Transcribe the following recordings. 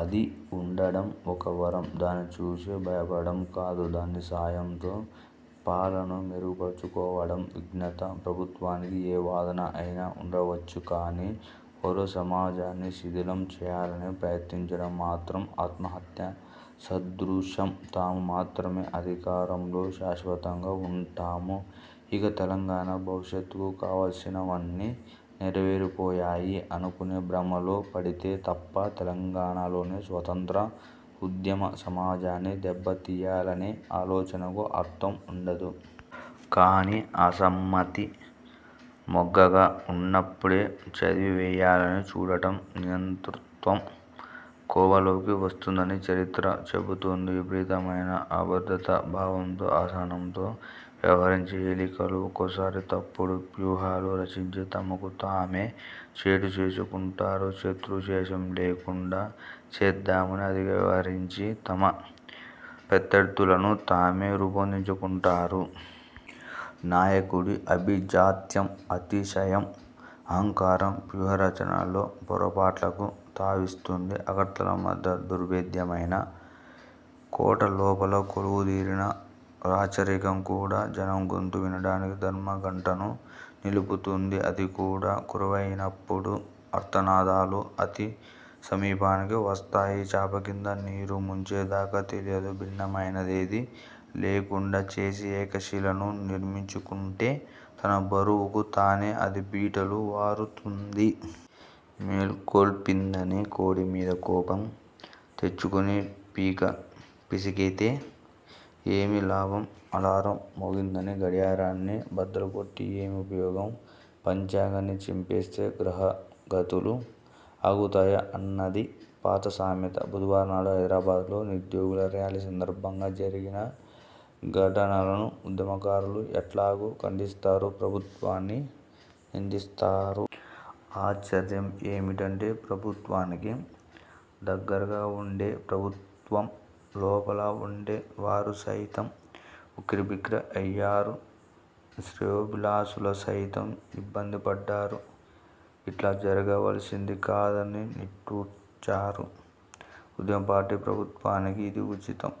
అది ఉండడం ఒక వరం. దాన్ని చూసి భయపడడం కాదు, దాని సాయంతో పాలనను మెరుగుపరుచుకోవడం విజ్ఞత. ప్రభుత్వానికి ఏ వాదన అయినా ఉండవచ్చు కానీ, పౌరసమాజాన్ని శిథిలం చేయాలని ప్రయత్నించడం మాత్రం ఆత్మహత్యా సదృశం. తాము మాత్రమే అధికారంలో శాశ్వతంగా ఉంటాము, ఇక తెలంగాణ భవిష్యత్తుకు కావలసినవన్నీ నెరవేరిపోయాయి అనుకునే భ్రమలో పడితే తప్ప, తెలంగాణలోని స్వతంత్ర ఉద్యమసమాజాన్ని దెబ్బతీయాలనే ఆలోచనకు అర్థం ఉండదు. కానీ, అసమ్మతి మొగ్గగా ఉన్నప్పుడే చిదిమివేయాలని చూడడం నియంతృత్వం కోవలోకి వస్తుందని చరిత్ర చెబుతుంది. విపరీతమైన అభద్రతాభావంతో, అసహనంతో వ్యవహరించే ఏలికలు ఒక్కోసారి తప్పుడు వ్యూహాలు రచించి, తమకు తామే చేటు చేసుకుంటారు. శత్రుశేషం లేకుండా చేద్దామని అతిగా వ్యవహరించి, తమ ప్రత్యర్థులను తామే రూపొందించుకుంటారు. నాయకుడి ఆభిజాత్యం, అతిశయం, అహంకారం- వ్యూహరచనలో పొరపాట్లకు తావిస్తుంది. అగడ్తల మధ్య దుర్భేద్యమైన కోటలోపల కొలువుదీరిన రాచరికం కూడా జనం గొంతు వినడానికి ధర్మగంటను నిలుపుతుంది. అది కూడా కరువైనప్పుడు, ఆర్తనాదాలు అతి సమీపానికి వస్తాయి. చాపకింద నీరు ముంచే దాకా తెలియదు. భిన్నమైనదేదీ లేకుండా చేసి ఏకశిలను నిర్మించుకుంటే, తన బరువుకు తానే అది బీటలు వారుతుంది. మేలుకొల్పిందని కోడి మీద కోపం తెచ్చుకుని పీకపిసికితే ఏమి లాభం? అలారం మోగిందని గడియారాన్ని బద్దలుకొట్టి ఏమి ఉపయోగం? పంచాంగాన్ని చింపేస్తే గ్రహగతులు ఆగుతాయా- అన్నది పాత సామెత. బుధవారం నాడు హైదరాబాద్లో నిరుద్యోగుల ర్యాలీ సందర్భంగా జరిగిన ఘటనలను ఉద్యమకారులు ఎట్లాగూ ఖండిస్తారు, ప్రభుత్వాన్ని నిందిస్తారు. ఆశ్చర్యం ఏమిటంటే, ప్రభుత్వానికి దగ్గరగా ఉండే, ప్రభుత్వంలోపల ఉండే వారు సైతం ఉక్కిరిబిక్కిరి అయ్యారు. శ్రేయోభిలాషులు సైతం ఇబ్బందిపడ్డారు. ఇట్లా జరగవలసింది కాదని నిట్టూర్చారు. ఉద్యమపార్టీ ప్రభుత్వానికి ఇది ఉచితం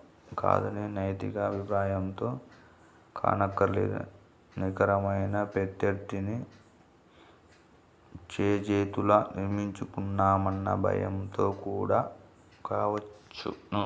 కాదనే నైతిక అభిప్రాయంతో కానక్కరలేదు, నికరమైన ప్రత్యర్థిని చేజేతులా నిర్మించుకున్నామన్న భయంతో కూడా కావచ్చును.